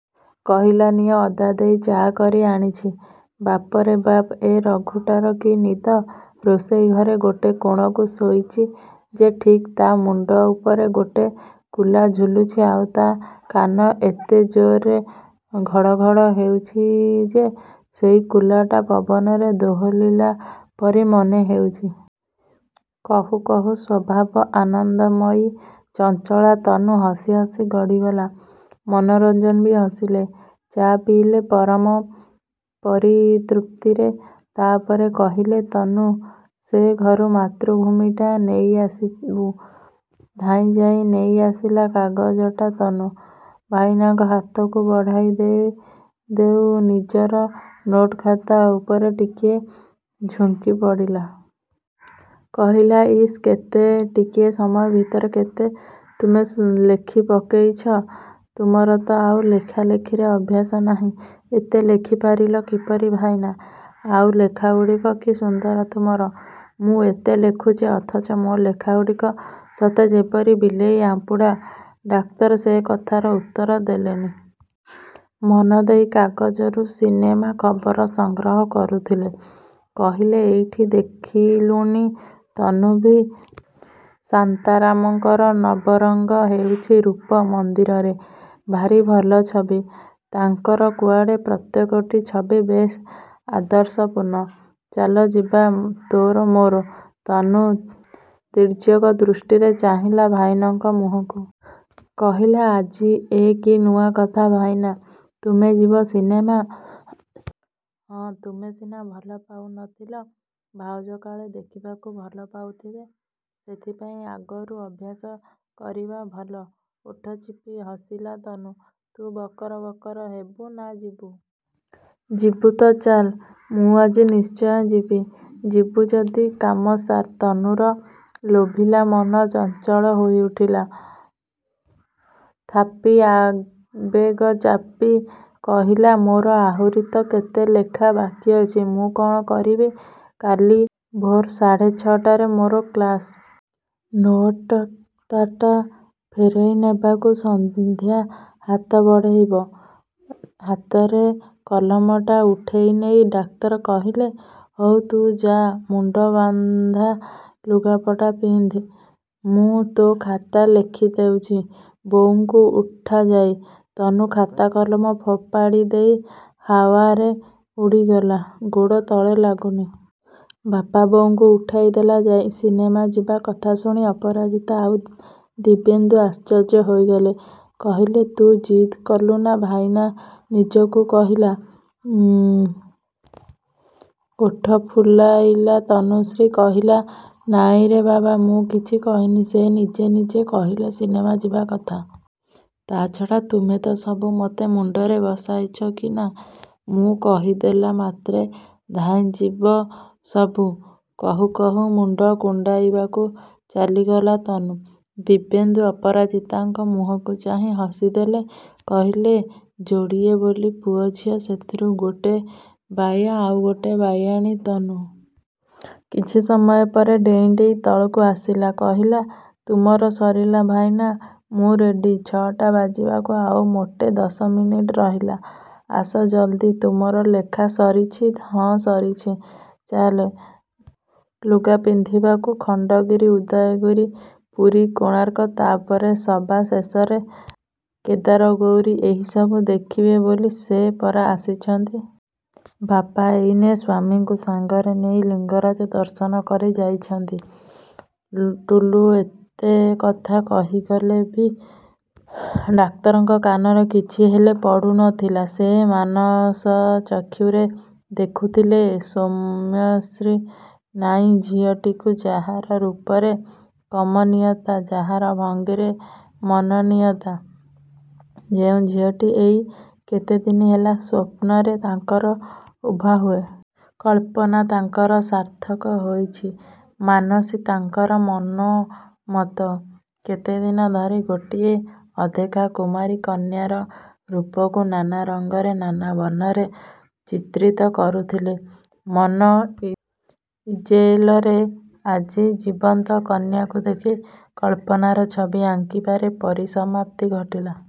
କହିଲା, ନିଅ। ଅଦା ଦେଇ ଚା କରି ଆଣିଛି। ବାପରେ ବାପ୍, ଏ ରଘୁଟାର କି ନିଦ! ରୋଷେଇ ଘରେ ଗୋଟେ କୋଣକୁ ଶୋଇଛି ଯେ ଠିକ୍ ତା' ମୁଣ୍ଡ ଉପରେ ଗୋଟେ କୁଲା ଝୁଲୁଛି ଆଉ ତା' କାନ ଏତେ ଜୋରରେ ଘଡ଼ଘଡ଼ ହେଉଛି ଯେ ସେଇ କୁଲାଟା ପବନରେ ଦୋହଲିଲା ପରି ମନେହେଉଛି। କହୁ କହୁ ସ୍ୱଭାବ ଆନନ୍ଦମୟୀ, ଚଞ୍ଚଳା ତନୁ ହସି ହସି ଗଡ଼ିଗଲା। ମନୋରଞ୍ଜନ ବି ହସିଲେ। ଚା ପିଇଲେ ପରମ ପରିତୃପ୍ତିରେ। ତା'ପରେ କହିଲେ, ତନୁ, ସେ ଘରୁ 'ମାତୃଭୂମି'ଟା ନେଇଆସିବୁ। ଧାଇଁଯାଇ ନେଇଆସିଲା କାଗଜଟା ତନୁ। ଭାଇନାଙ୍କ ହାତକୁ ବଢ଼ାଇ ଦେଉ ଦେଉ ନିଜର ନୋଟ୍-ଖାତା ଉପରେ ଟିକିଏ ଝୁଙ୍କିପଡ଼ିଲା। କହିଲା ଇସ୍, କେତେଟିକିଏ ସମୟ ଭିତରେ କେତେ ତୁମେ ଶୁ ଲେଖିପକେଇଛ! ତୁମର ତ ଆଉ ଲେଖାଲେଖିରେ ଅଭ୍ୟାସ ନାହିଁ। ଏତେ ଲେଖିପାରିଲ କିପରି, ଭାଇନା? ଆଉ ଲେଖାଗୁଡ଼ିକ କି ସୁନ୍ଦର ତୁମର! ମୁଁ ଏତେ ଲେଖୁଛି, ଅଥଚ ମୋ ଲେଖାଗୁଡ଼ିକ ସତେଯେପରି ବିଲେଇ ଆମ୍ପୁଡ଼ା। ଡାକ୍ତର ସେକଥାର ଉତ୍ତର ଦେଲେନି। ମନଦେଇ କାଗଜରୁ ସିନେମା ଖବର ସଂଗ୍ରହ କରୁଥିଲେ। କହିଲେ, ଏଇଠି ଦେଖିଲୁଣି, ତନୁ, ଭି. ଶାନ୍ତାରାମଙ୍କର ନବରଙ୍ଗ ହେଉଛି ରୂପ ମନ୍ଦିର'ରେ। ଭାରି ଭଲ ଛବି। ତାଙ୍କର କୁଆଡ଼େ ପ୍ରତ୍ୟେକଟି ଛବି ବେଶ୍ ଆଦର୍ଶପୂର୍ଣ୍ଣ। ଚାଲ, ଯିବା ତୋର ମୋର। ତନୁ ତୀର୍ଯ୍ୟକ ଦୃଷ୍ଟିରେ ଚାହିଁଲା ଭାଇନାଙ୍କ ମୁହଁକୁ। କହିଲା, ଆଜି ଏ କି ନୂଆ କଥା, ଭାଇନା? ତୁମେ ଯିବ ସିନେମା? ହଁ, ତୁମେ ସିନା ଭଲପାଉନଥିଲ, ଭାଉଜ କାଳେ ଦେଖିବାକୁ ଭଲପାଉଥିବେ! ସେଥିପାଇଁ ଆଗରୁ ଅଭ୍ୟାସ କରିବା ଭଲ। ଓଠ ଚିପି ହସିଲା ତନୁ। ତୁ ବକର ବକର ହେବୁ, ନା ଯିବୁ? ଯିବୁ ତ ଚାଲ୍। ମୁଁ ଆଜି ନିଶ୍ଚୟ ଯିବି। ଯିବୁ ଯଦି କାମ ସାର୍। ତନୁର ଲୋଭିଲା ମନ ଚଞ୍ଚଳ ହୋଇଉଠିଲା। ଥାପି ଆବେଗ ଚାପି କହିଲା, ମୋର ଆହୁରି ତ କେତେ ଲେଖା ବାକି ଅଛି, ମୁଁ କ'ଣ କରିବି? କାଲି ଭୋର୍ ସାଢ଼େ ଛଅଟାରେ ମୋର କ୍ଲାସ୍। ନୋଟ୍ଖା ତାଟା ଫେରାଇ ନେବାକୁ ସନ୍ଧ୍ୟା ହାତ ବଢେଇବ। ହାତରେ କଲମଟା ଉଠେଇନେଇ ଡାକ୍ତର କହିଲେ, ହଉ, ତୁ ଯା, ମୁଣ୍ଡ ବାନ୍ଧା, ଲୁଗାପଟା ପିନ୍ଧ। ମୁଁ ତୋ ଖାତା ଲେଖିଦେଉଛି। ବୋଉଙ୍କୁ ଉଠା ଯାଇ। ତନୁ ଖାତା-କଲମ ଫୋପାଡ଼ିଦେଇ ହାୱାରେ ଉଡ଼ିଗଲା। ଗୋଡ଼ ତଳେ ଲାଗୁନି। ବାପା ବୋଉଙ୍କୁ ଉଠାଇଦେଲା ଯାଇ। ସିନେମା ଯିବା କଥା ଶୁଣି ଅପରାଜିତା ଆଉ ଦିବ୍ୟେନ୍ଦୁ ଆଶ୍ଚର୍ଯ୍ୟ ହୋଇଗଲେ। କହିଲେ, ତୁ ଜିଦ୍ କଲୁ, ନା ଭାଇନା ନିଜକୁ କହିଲା? ଓଠ ଫୁଲାଇଲା ତନୁଶ୍ରୀ। କହିଲା, ନାଇଁରେ ବାବା, ମୁଁ କିଛି କହିନି। ସେ ନିଜେ ନିଜେ କହିଲେ ସିନେମା ଯିବା କଥା। ତା' ଛଡ଼ା, ତୁମେ ତ ସବୁ ମୋତେ ମୁଣ୍ଡରେ ବସାଇଛ କି ନା, ମୁଁ କହିଦେଲା ମାତ୍ରେ ଧାଇଁଯିବ ସବୁ। କହୁ କହୁ ମୁଣ୍ଡ କୁଣ୍ଡାଇବାକୁ ଚାଲିଗଲା ତନୁ। ଦିବ୍ୟେନ୍ଦୁ ଅପରାଜିତାଙ୍କ ମୁହଁକୁ ଚାହିଁ ହସିଦେଲେ। କହିଲେ, ଯୋଡ଼ିଏ ବୋଲି ପୁଅ ଝିଅ, ସେଥିରୁ ଗୋଟେ ବାୟା ଆଉ ଗୋଟିଏ ବାୟାଣୀ।"ତନୁ କିଛି ସମୟ ପରେ ଡେଇଁ ଡେଇଁ ତଳକୁ ଆସିଲା, କହିଲା, ତୁମର ସରିଲା, ଭାଇନା? ମୁଁ ରେଡ଼ି। ଛଅଟା ବାଜିବାକୁ ଆଉ ମୋଟେ ଦଶ ମିନିଟ୍ ରହିଲା। ଆସ ଜଲ୍ଦି। ତୁମର ଲେଖା ସରିଛି? ହଁ, ସରିଛି। ଚାଲ। ଲୁଗା ପିନ୍ଧିବାକୁ। ଖଣ୍ଡଗିରି, ଉଦୟଗିରି, ପୁରୀ, କୋଣାର୍କ, ତାପରେ ସବା ଶେଷରେ କେଦାରଗୌରୀ ଏହିସବୁ ଦେଖିବେ ବୋଲି ସେ ପରା ଆସିଛନ୍ତି! ବାପା ଏଇନେ ସ୍ୱାମୀଙ୍କୁ ସାଙ୍ଗରେ ନେଇ ଲିଙ୍ଗରାଜ ଦର୍ଶନ କରି ଯାଇଛନ୍ତି। ଟୁଲୁ ଏତେ କଥା କହିଗଲେ ବି ଡାକ୍ତରଙ୍କ କାନରେ କିଛି ହେଲେ ପଡ଼ୁନଥିଲା। ସେ ମାନସଚକ୍ଷୁରେ ଦେଖୁଥିଲେ 'ମୌସୁମୀ' ନାଁର ଝିଅଟିକୁ ଯାହାର ରୂପରେ କମନୀୟତା, ଯାହାର ଭଙ୍ଗୀରେ ନମନୀୟତା; ଯେଉଁ ଝିଅଟି ଏଇ କେତେଦିନ ହେଲା ସ୍ୱପ୍ନରେ ତାଙ୍କର ଉଭା ହୁଏ। କଳ୍ପନା ତାଙ୍କର ସାର୍ଥକ ହୋଇଛି, ମାନସୀ ତାଙ୍କର ମନୋମତ। କେତେଦିନ ଧରି ଗୋଟିଏ ଅଦେଖା କୁମାରୀ କନ୍ୟାର ରୂପକୁ ନାନା ରଙ୍ଗରେ, ନାନା ବର୍ଣ୍ଣରେ ଚିତ୍ରିତ କରୁଥିଲେ ମନ-ଇଜେଲରେ, ଆଜି ଜୀବନ୍ତ କନ୍ୟାକୁ ଦେଖି କଳ୍ପନାର ଛବି ଆଙ୍କିବାରେ ପରିସମାପ୍ତି ଘଟିଲା।